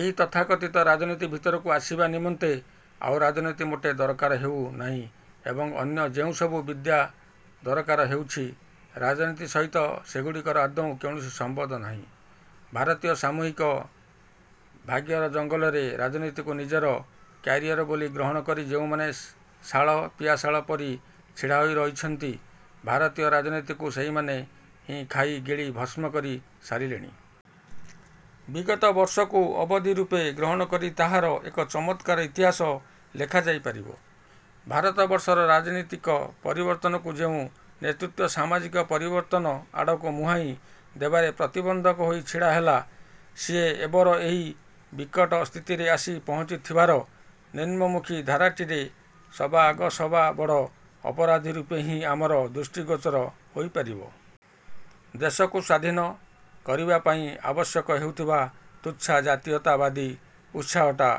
ଏହି ତଥାକଥିତ ରାଜନୀତି ଭିତରକୁ ଆସିବା ନିମନ୍ତେ ଆଉ ରାଜନୀତି ମୋଟେ ଦରକାର ହେଉ ନାହିଁ ଏବଂ ଅନ୍ୟ ଯେଉଁସବୁ ବିଦ୍ୟା ଦରକାର ହେଉଛି, ରାଜନୀତି ସହିତ ସେଗୁଡ଼ିକର ଆଦୌ କୌଣସି ସମ୍ବନ୍ଧ ନାହିଁ। ଭାରତୀୟ ସାମୂହିକ ଭାଗ୍ୟର ଜଙ୍ଗଲରେ ରାଜନୀତିକୁ ନିଜର କ୍ୟାରିୟର ବୋଲି ଗ୍ରହଣ କରି ଯେଉଁମାନେ ଶାଳ, ପିଆଶାଳ ପରି ଛିଡ଼ା ହୋଇ ରହିଛନ୍ତି, ଭାରତୀୟ ରାଜନୀତିକୁ ସେଇମାନେ ହିଁ ଖାଇ ଗିଳି ଭସ୍ମ କରି ସାରିଲେଣି। ବିଗତ ବର୍ଷକୁ ଅବଧି ରୂପେ ଗ୍ରହଣ କରି ତାହାର ଏକ ଚମତ୍କାର ଇତିହାସ ଲେଖାଯାଇ ପାରିବ। ଭାରତବର୍ଷର ରାଜନୀତିକ ପରିବର୍ତ୍ତନକୁ ଯେଉଁ ନେତୃତ୍ଵ ସାମାଜିକ ପରିବର୍ତ୍ତନ ଆଡ଼କୁ ମୁହାଁଇ ଦେବାରେ ପ୍ରତିବନ୍ଧକ ହୋଇ ଛିଡ଼ା ହେଲା, ସିଏ ଏବର ଏହି ବିକଟ ସ୍ଥିତିରେ ଆସି ପହଞ୍ଚି ଥିବାର ନିମ୍ନମୁଖୀ ଧାରାଟିରେ ସବା ଆଗ ସବା ବଡ଼ ଅପରାଧୀ ରୂପେ ହିଁ ଆମର ଦୃଷ୍ଟି ଗୋଚର ହୋଇପାରିବ। ଦେଶକୁ ସ୍ୱାଧୀନ। କରିବା ପାଇଁ ଆବଶ୍ୟକ ହେଉଥିବା ତୁଚ୍ଛା ଜାତୀୟତାବାଦୀ ଉତ୍ସାହଟା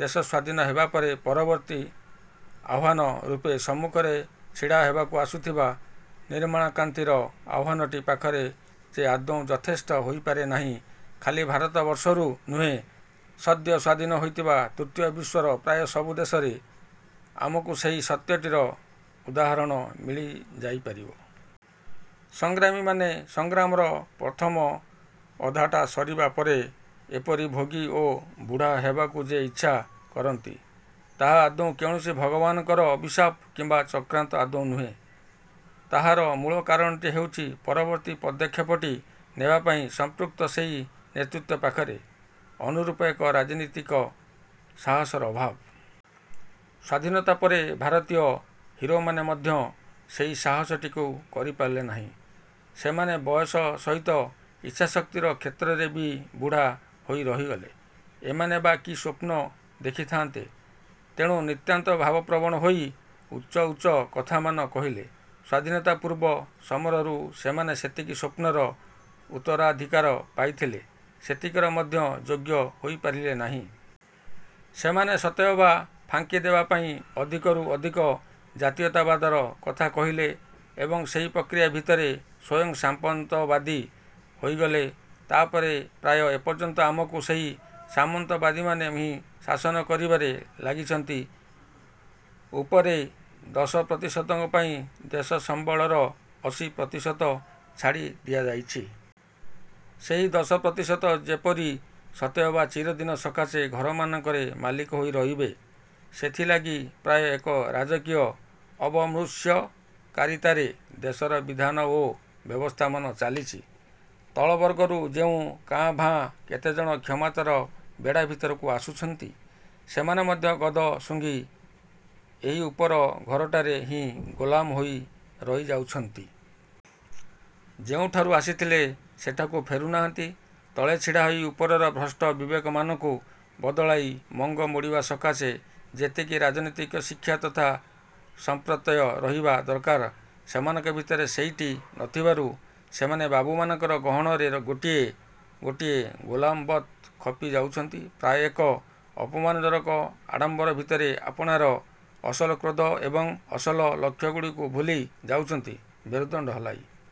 ଦେଶ ସ୍ୱାଧୀନ ହେବା ପରେ ପରବର୍ତ୍ତୀ ଆହ୍ୱାନ ରୂପେ ସମ୍ମୁଖରେ ଛିଡ଼ା ହେବାକୁ ଆସୁଥିବା ନିର୍ମାଣକ୍ରାନ୍ତିର ଆହ୍ୱାନଟି ପାଖରେ ଯେ ଆଦୌ ଯଥେଷ୍ଟ ହୋଇପାରେ ନାହିଁ, ଖାଲି ଭାରତବର୍ଷରୁ ନୁହେଁ, ସଦ୍ୟ ସ୍ଵାଧୀନ ହୋଇଥିବା ତୃତୀୟ ବିଶ୍ୱର ପ୍ରାୟ ସବୁ ଦେଶରେ ଆମକୁ ସେହି ସତ୍ୟଟିର ଉଦାହରଣ ମିଳିଯାଇପାରିବ। ସଂଗ୍ରାମୀମାନେ ସଂଗ୍ରାମର ପ୍ରଥମ ଅଧାଟା ସରିବା ପରେ ଏପରି ଭୋଗୀ ଓ ବୁଢ଼ା ହେବାକୁ ଯେ ଇଚ୍ଛା କରନ୍ତି, ତାହା ଆଦୌ କୌଣସି ଭଗବାନଙ୍କର ଅଭିଶାପ କିମ୍ବା ଚକ୍ରାନ୍ତ ଆଦୌ ନୁହେଁ; ତାହାର ମୂଳ କାରଣଟି ହେଉଛି ପରବର୍ତ୍ତୀ ପଦକ୍ଷେପଟି ନେବା ପାଇଁ ସମ୍ପୃକ୍ତ ସେହି ନେତୃତ୍ୱ ପାଖରେ ଅନୁରୂପ ଏକ ରାଜନୀତିକ ସାହସର ଅଭାବ। ସ୍ଵାଧୀନତା ପରେ ଭାରତୀୟ ହୀରୋମାନେ ମଧ୍ୟ ସେହି ସାହସଟିକୁ କରିପାରିଲେ ନାହିଁ। ସେମାନେ ବୟସ ସହିତ ଇଚ୍ଛାଶକ୍ତିର କ୍ଷେତ୍ରରେ ବି ବୁଢ଼ା ହୋଇ ରହିଗଲେ। ଏମାନେ ବା କି ସ୍ୱପ୍ନ ଦେଖିଥାନ୍ତେ, ତେଣୁ ନିତାନ୍ତ ଭାବପ୍ରବଣ ହୋଇ ଉଚ୍ଚ ଉଚ୍ଚ କଥାମାନ କହିଲେ। ସ୍ଵାଧୀନତାପୂର୍ବ ସମରରୁ ସେମାନେ ଯେତିକି ସ୍ୱପ୍ନର ଉତ୍ତରାଧିକାର ପାଇଥିଲେ, ସେତିକିର ମଧ୍ୟ ଯୋଗ୍ୟ ହୋଇପାରିଲେ ନାହିଁ। ସେମାନେ ସତେଅବା ଫାଙ୍କି ଦେବା ପାଇଁ ଅଧିକରୁ ଅଧିକ ଜାତୀୟତାବାଦର କଥା କହିଲେ ଏବଂ ସେହି ପ୍ରକ୍ରିୟା ଭିତରେ ସ୍ୱୟଂ ସାମନ୍ତବାଦୀ ହୋଇଗଲେ। ତାପରେ ପ୍ରାୟ ଏପର୍ଯ୍ୟନ୍ତ ଆମକୁ ସେହି ସାମନ୍ତବାଦୀମାନେ ହିଁ ଶାସନ କରିବାରେ ଲାଗିଛନ୍ତି। ଉପରେ ଦଶ ପ୍ରତିଶତଙ୍କ ପାଇଁ ଦେଶସମ୍ବଳର ଅଶୀ ପ୍ରତିଶତ ଛାଡ଼ି ଦିଆଯାଇଛି। ସେହି ଦଶ ପ୍ରତିଶତ ଯେପରି ସତେଅବା ଚିରଦିନ ସକାଶେ ଘରମାନଙ୍କରେ ମାଲିକ ହୋଇ ରହିବେ, ସେଥିଲାଗି ପ୍ରାୟ ଏକ ରାଜକୀୟ ଅବମୃଷ୍ୟକାରିତାରେ ଦେଶର ବିଧାନ ଓ ବ୍ୟବସ୍ଥାମାନ ଚାଲିଛି। ତଳବର୍ଗରୁ ଯେଉଁ କାଁ ଭାଁ କେତେଜଣ କ୍ଷମତାର ବେଢ଼ା ଭିତରକୁ ଆସୁଛନ୍ତି, ସେମାନେ ମଧ୍ୟ ଗଦ ଶୁଘିଂ ଏହି ଉପର ଘରଟାରେ ହିଁ ଗୋଲାମ ହୋଇ ରହିଯାଉଛନ୍ତି। ଯେଉଁଠାରୁ ଆସିଥଲେ, ସେଠାକୁ ଫେରୁନାହାନ୍ତି। ତଳେ ଛିଡ଼ାହୋଇ ଉପରର ଭ୍ରଷ୍ଟ ବିବେକମାନଙ୍କୁ ବଦଳାଇ ମଙ୍ଗ ମୋଡ଼ିବା ସକାଶେ ଯେତିକି ରାଜନୀତିକ ଶିକ୍ଷା ତଥା ସଂପ୍ରତ୍ୟୟ ରହିବା ଦରକାର, ସେମାନଙ୍କ ଭିତରେ ସେଇଟି ନଥିବାରୁ ସେମାନେ ବାବୁ ମାନଙ୍କର ଗହଣରେ ଗୋଟିଏ ଗୋଟିଏ ଗୋଲାମବତ୍ ଖପି ଯାଉଛନ୍ତି, ପ୍ରାୟ ଏକ ଅପମାନଜନକ ଆଡ଼ମ୍ବର ଭିତରେ ଆପଣାର ଅସଲ କ୍ରୋଧ ଏବଂ ଅସଲ ଲକ୍ଷ୍ୟଗୁଡ଼ିକୁ ଭୁଲି ଯାଉଛନ୍ତି। ମେରୁଦଣ୍ଡ ହରାଇ